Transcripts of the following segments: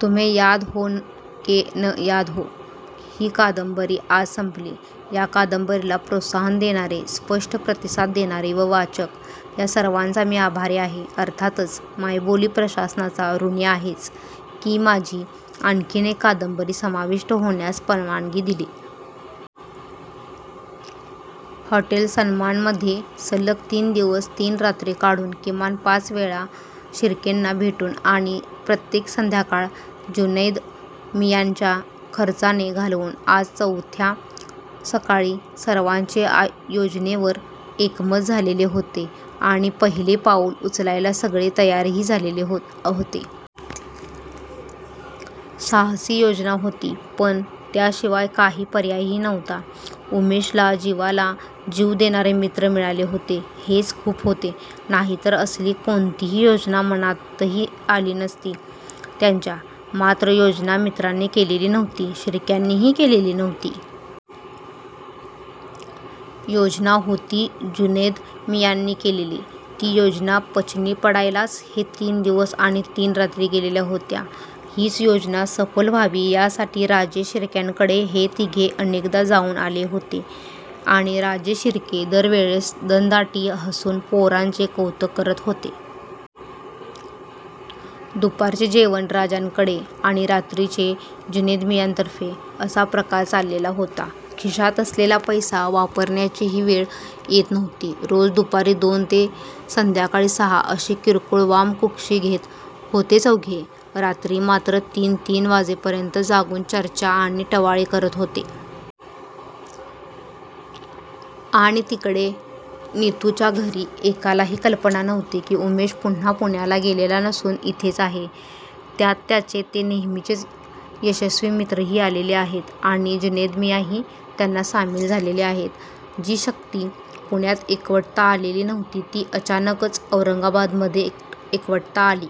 तुम्हे याद हो के न याद हो' ही कादंबरी आज संपली. या कादंबरीला प्रोत्साहन देणारे, स्पष्ट प्रतिसाद देणारे व वाचक या सर्वांचा मी आभारी आहे. अर्थातच, मायबोली प्रशासनाचा ऋणी आहेच, की माझी आणखीन एक कादंबरी समाविष्ट होण्यास परवानगी दिली. हॉटेल सन्मानमध्ये सलग तीन दिवस तीन रात्री काढून, किमान पाच वेळा शिर्केंना भेटून आणि प्रत्येक संध्याकाळ जुनैदमियाँच्या खर्चाने घालवून आज चवथ्या सकाळी सर्वांचे योजनेवर एकमत झालेले होते आणि पहिले पाऊल उचलायला सगळे तयारही झालेले होते. साहसी योजना होती, पण त्याशिवाय काही पर्यायही नव्हता. उमेशला जीवाला जीव देणारे मित्र मिळाले होते हेच खूप होते. नाहीतर असली कोणतीही योजना मनातही आली नसती त्याच्या मात्र योजना मित्रांनी केलेली नव्हती. शिर्क्यांनीही केलेली नव्हती. योजना होती जुनैद मियाँनी केलेली! ती योजना पचनी पडायलाच हे तीन दिवस आणि तीन रात्री गेलेल्या होत्या. हीच योजना सफल व्हावी यासाठी राजे शिर्क्यांकडे हे तिघे अनेकदा जाऊन आले होते. आणि राजे शिर्के दरवेळेस दणदणाटी हसून पोरांचे कौतुक करत होते. दुपारचे जेवण राज्यांकडे आणि रात्रीचे जुनैदमियाँतर्फे असा प्रकार चाललेला होता. खिशात असलेला पैसा वापरण्याचीही वेळ येत नव्हती. रोज दुपारी दोन ते संध्याकाळी सहा अशी किरकोळ वामकुक्षी घेत होते चौघे रात्री मात्र तीन तीन वाजेपर्यंत जागून चर्चा आणि टवाळी करत होते. आणि तिकडे नितुच्या घरी एकालाही कल्पना नव्हती की उमेश पुन्हा पुण्याला गेलेला नसून इथेच आहे. त्यात त्याचे ते नेहमीचे यशस्वी मित्रही आलेले आहेत आणि जुनैद मियाँही त्यांना सामील झालेले आहेत. जी शक्ती पुण्यात एकवटता आलेली नव्हती ती अचानकच औरंगाबादमध्ये एकवटता आली.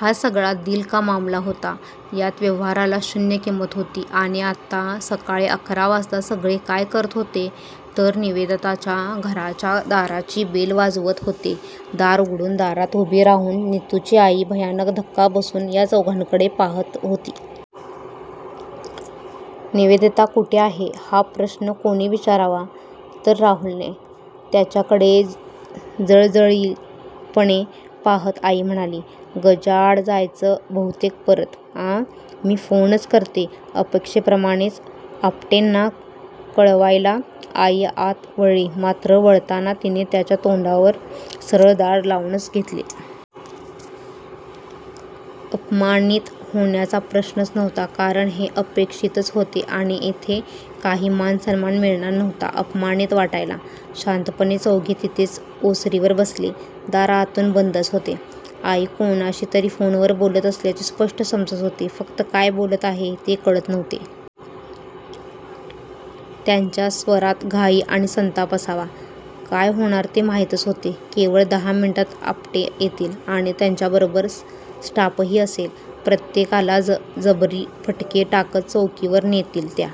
हा सगळा दिल का मामला होता. यात व्यवहाराला शून्य किंमत होती. आणि आत्ता सकाळी अकरा वाजता सगळे काय करत होते तर निवेदिताच्या घराच्या दाराची बेल वाजवत होते. दार उघडून दारात उभी राहून नितुची आई भयानक धक्का बसून या चौघांकडे पाहात होती. निवेदिता कुठे आहे? हा प्रश्न कोणी विचारावा तर राहुलने! त्याच्याकडे जळजळीलपणे पाहात आई म्हणाली. गजाआड जायचंय बहुतेक परत आं मी फोनच करते अपेक्षेप्रमाणेच आपटेंना कळवायला आई आत वळली मात्र वळताना तिने यांच्या तोंडावर सरळ दार लावूनच घेतले. अपमानीत होण्याचा प्रश्नच नव्हता कारण हे अपेक्षितच होते आणि इथे काही मानसन्मान मिळणार नव्हता अपमानीत वाटायला शांतपणे चौघे तिथेच ओसरीवर बसले. दार आतून बंदच होते. आई कोणाशीतरी फोनवर बोलत असल्याचे स्पष्ट समजत होते, फक्त काय बोलत आहेत ते कळत नव्हते. त्यांच्या स्वरात घाई आणि संताप असावा काय होणार ते माहीतच होते. केवळ दहा मिनिटांत आपटे येतील आणि त्यांच्याबरोबर स्टाफही असेल प्रत्येकाला जबरी फटके टाकत चौकीवर नेतील त्या